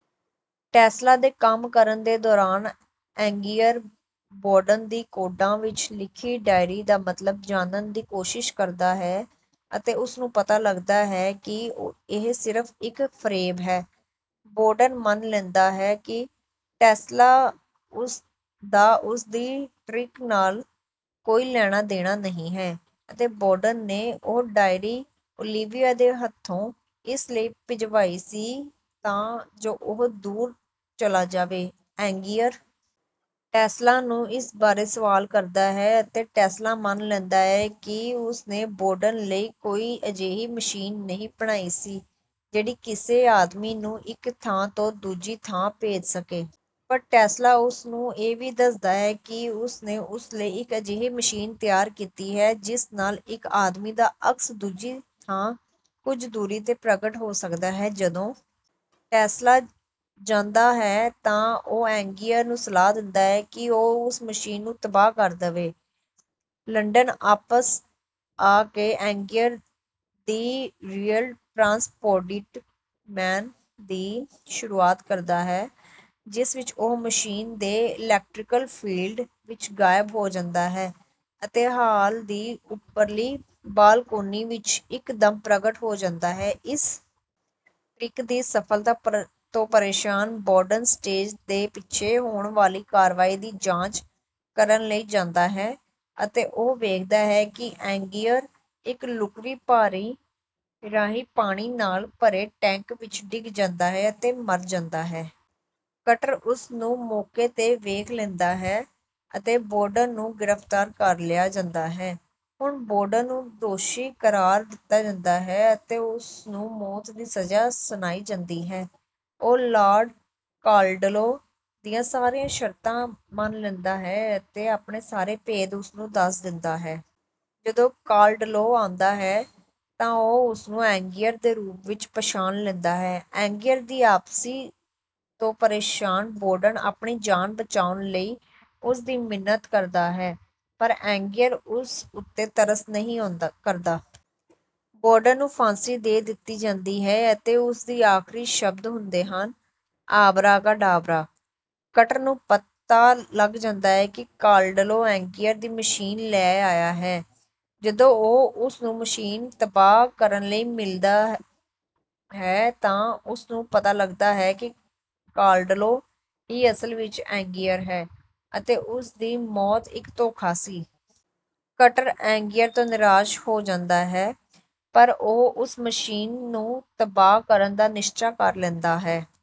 Tesla ਦੇ ਕੰਮ ਕਰਨ ਦੇ ਦੌਰਾਨ ਐਂਗੀਅਰ, ਬੌਰਡਨ ਦੀ ਕੋਡਾਂ ਵਿੱਚ ਲਿਖੀ ਡਾਇਰੀ ਦਾ ਮਤਲਬ ਜਾਣਨ ਦੀ ਕੋਸ਼ਿਸ਼ ਕਰਦਾ ਹੈ ਅਤੇ ਉਸ ਨੂੰ ਪਤਾ ਲੱਗਦਾ ਹੈ ਕਿ ਇਹ ਸਿਰਫ਼ ਇੱਕ ਫ਼ਰੇਬ ਹੈ। ਬੌਰਡਨ ਮੰਨ ਲੈਂਦਾ ਹੈ ਕਿ ਟੈਸਲਾ ਦਾ ਉਸ ਦੀ ਟਰਿੱਕ ਨਾਲ ਕੋਈ ਲੈਣਾ-ਦੇਣਾ ਨਹੀਂ ਹੈ ਅਤੇ ਬੌਰਡਨ ਨੇ ਉਹ ਡਾਇਰੀ ਓਲੀਵੀਆ ਦੇ ਹੱਥੋਂ ਇਸ ਲਈ ਭਿਜਵਾਈ ਸੀ ਤਾਂ ਜੋ ਉਹ ਦੂਰ ਚਲਾ ਜਾਵੇ। ਐਂਗੀਅਰ ਟੈਸਲਾ ਨੂੰ ਇਸ ਬਾਰੇ ਸਵਾਲ ਕਰਦਾ ਹੈ ਅਤੇ ਟੈਸਲਾ ਮੰਨ ਲੈਂਦਾ ਹੈ ਕਿ ਉਸ ਨੇ ਬੌਰਡਨ ਲਈ ਕੋਈ ਅਜਿਹੀ ਮਸ਼ੀਨ ਨਹੀਂ ਬਣਾਈ ਸੀ, ਜਿਹੜੀ ਕਿਸੇ ਆਦਮੀ ਨੂੰ ਇੱਕ ਥਾਂ ਤੋਂ ਦੂਜੀ ਥਾਂ ਭੇਜ ਸਕੇ। ਪਰ ਟੈਸਲਾ ਉਸ ਨੂੰ ਇਹ ਵੀ ਦੱਸਦਾ ਹੈ ਕਿ ਉਸ ਨੇ ਉਸ ਲਈ ਇੱਕ ਅਜਿਹੀ ਮਸ਼ੀਨ ਤਿਆਰ ਕੀਤੀ ਹੈ, ਜਿਸ ਨਾਲ ਇੱਕ ਆਦਮੀ ਦਾ ਅਕਸ ਦੂਜੀ ਥਾਂ ਕੁਝ ਦੂਰੀ ’ਤੇ ਪ੍ਰਗਟ ਹੋ ਸਕਦਾ ਹੈ। ਜਦੋਂ ਟੈਸਲਾ ਜਾਂਦਾ ਹੈ ਤਾਂ ਉਹ ਐਂਗੀਅਰ ਨੂੰ ਸਲਾਹ ਦਿੰਦਾ ਹੈ ਕਿ ਉਹ ਉਸ ਮਸ਼ੀਨ ਨੂੰ ਤਬਾਹ ਕਰ ਦੇਵੇ। ਲੰਡਨ ਆਪਸ ਆ ਕੇ ਐਂਗੀਅਰ ‘ਦਿ ਰੀਅਲ ਟਰਾਂਸਪੋਰਟਿਡ ਮੈਨ’ ਦੀ ਸ਼ੁਰੂਆਤ ਕਰਦਾ ਹੈ, ਜਿਸ ਵਿੱਚ ਉਹ ਮਸ਼ੀਨ ਦੇ ਇਲੈਕਟ੍ਰਿਕਲ ਫ਼ੀਲਡ ਵਿੱਚ ਗਾਇਬ ਹੋ ਜਾਂਦਾ ਹੈ ਅਤੇ ਹਾਲ ਦੀ ਉੱਪਰਲੀ ਬਾਲਕੋਨੀ ਵਿੱਚ ਇੱਕਦਮ ਪ੍ਰਗਟ ਹੋ ਜਾਂਦਾ ਹੈ। ਇਸ ਟਰਿੱਕ ਦੀ ਸਫ਼ਲਤਾ ਤੋਂ ਪਰੇਸ਼ਾਨ ਬੌਰਡਨ ਸਟੇਜ ਦੇ ਪਿੱਛੇ ਹੋਣ ਵਾਲੀ ਕਾਰਵਾਈ ਦੀ ਜਾਂਚ ਕਰਨ ਲਈ ਜਾਂਦਾ ਹੈ ਅਤੇ ਉਹ ਵੇਖਦਾ ਹੈ ਕਿ ਐਂਗੀਅਰ ਇੱਕ ਲੁਕਵੀਂ ਬਾਰੀ ਰਾਹੀਂ ਪਾਣੀ ਨਾਲ ਭਰੇ ਟੈਂਕ ਵਿੱਚ ਡਿੱਗ ਜਾਂਦਾ ਹੈ ਅਤੇ ਮਰ ਜਾਂਦਾ ਹੈ। ਕਟਰ ਉਸ ਨੂੰ ਮੌਕੇ ’ਤੇ ਵੇਖ ਲੈਂਦਾ ਹੈ ਅਤੇ ਬੌਰਡਨ ਨੂੰ ਗ੍ਰਿਫ਼ਤਾਰ ਕਰ ਲਿਆ ਜਾਂਦਾ ਹੈ। ਹੁਣ ਬੌਰਡਨ ਨੂੰ ਦੋਸ਼ੀ ਕਰਾਰ ਦਿੱਤਾ ਜਾਂਦਾ ਹੈ ਅਤੇ ਉਸ ਨੂੰ ਮੌਤ ਦੀ ਸਜ਼ਾ ਸੁਣਾਈ ਜਾਂਦੀ ਹੈ। ਉਹ ਲਾਰਡ ਕਾਲਡਲੋ ਦੀਆਂ ਸਾਰੀਆਂ ਸ਼ਰਤਾਂ ਮੰਨ ਲੈਂਦਾ ਹੈ ਅਤੇ ਆਪਣੇ ਸਾਰੇ ਭੇਦ ਉਸ ਨੂੰ ਦੱਸ ਦਿੰਦਾ ਹੈ। ਜਦੋਂ ਕਾਲਡਲੋ ਆਉਂਦਾ ਹੈ ਤਾਂ ਉਹ ਉਸ ਨੂੰ ਐਂਗੀਅਰ ਦੇ ਰੂਪ ਵਿੱਚ ਪਛਾਣ ਲੈਂਦਾ ਹੈ। ਐਂਗੀਅਰ ਦੀ ਆਪਸੀ ਤੋਂ ਪਰੇਸ਼ਾਨ ਬੌਰਡਨ ਆਪਣੀ ਜਾਨ ਬਚਾਉਣ ਲਈ ਉਸ ਦੀ ਮਿੰਨਤ ਕਰਦਾ ਹੈ, ਪਰ ਐਂਗੀਅਰ ਉਸ ਉੱਤੇ ਤਰਸ ਨਹੀਂ ਕਰਦਾ। ਬੌਰਡਨ ਨੂੰ ਫ਼ਾਂਸੀ ਦੇ ਦਿੱਤੀ ਜਾਂਦੀ ਹੈ ਅਤੇ ਉਸ ਦੇ ਆਖ਼ਰੀ ਸ਼ਬਦ ਹੁੰਦੇ ਹਨ: “ਆਬਰਾ ਕਾ ਡਾਬਰਾ।”ਕਟਰ ਨੂੰ ਪਤਾ ਲੱਗ ਜਾਂਦਾ ਹੈ ਕਿ ਕਾਲਡਲੋ ਐਂਗੀਅਰ ਦੀ ਮਸ਼ੀਨ ਲੈ ਆਇਆ ਹੈ। ਜਦੋਂ ਉਹ ਉਸ ਨੂੰ ਮਸ਼ੀਨ ਤਬਾਹ ਕਰਨ ਲਈ ਮਿਲਦਾ ਹੈ ਤਾਂ ਉਸ ਨੂੰ ਪਤਾ ਲੱਗਦਾ ਹੈ ਕਿ ਕਾਲਡਲੋ ਹੀ ਅਸਲ ਵਿੱਚ ਐਂਗੀਅਰ ਹੈ ਅਤੇ ਉਸ ਦੀ ਮੌਤ ਇੱਕ ਧੋਖਾ ਸੀ। ਕਟਰ ਐਂਗੀਅਰ ਤੋਂ ਨਿਰਾਸ਼ ਹੋ ਜਾਂਦਾ ਹੈ, ਪਰ ਉਹ ਉਸ ਮਸ਼ੀਨ ਨੂੰ ਤਬਾਹ ਕਰਨ ਦਾ ਨਿਸ਼ਚਾ ਕਰ ਲੈਂਦਾ ਹੈ।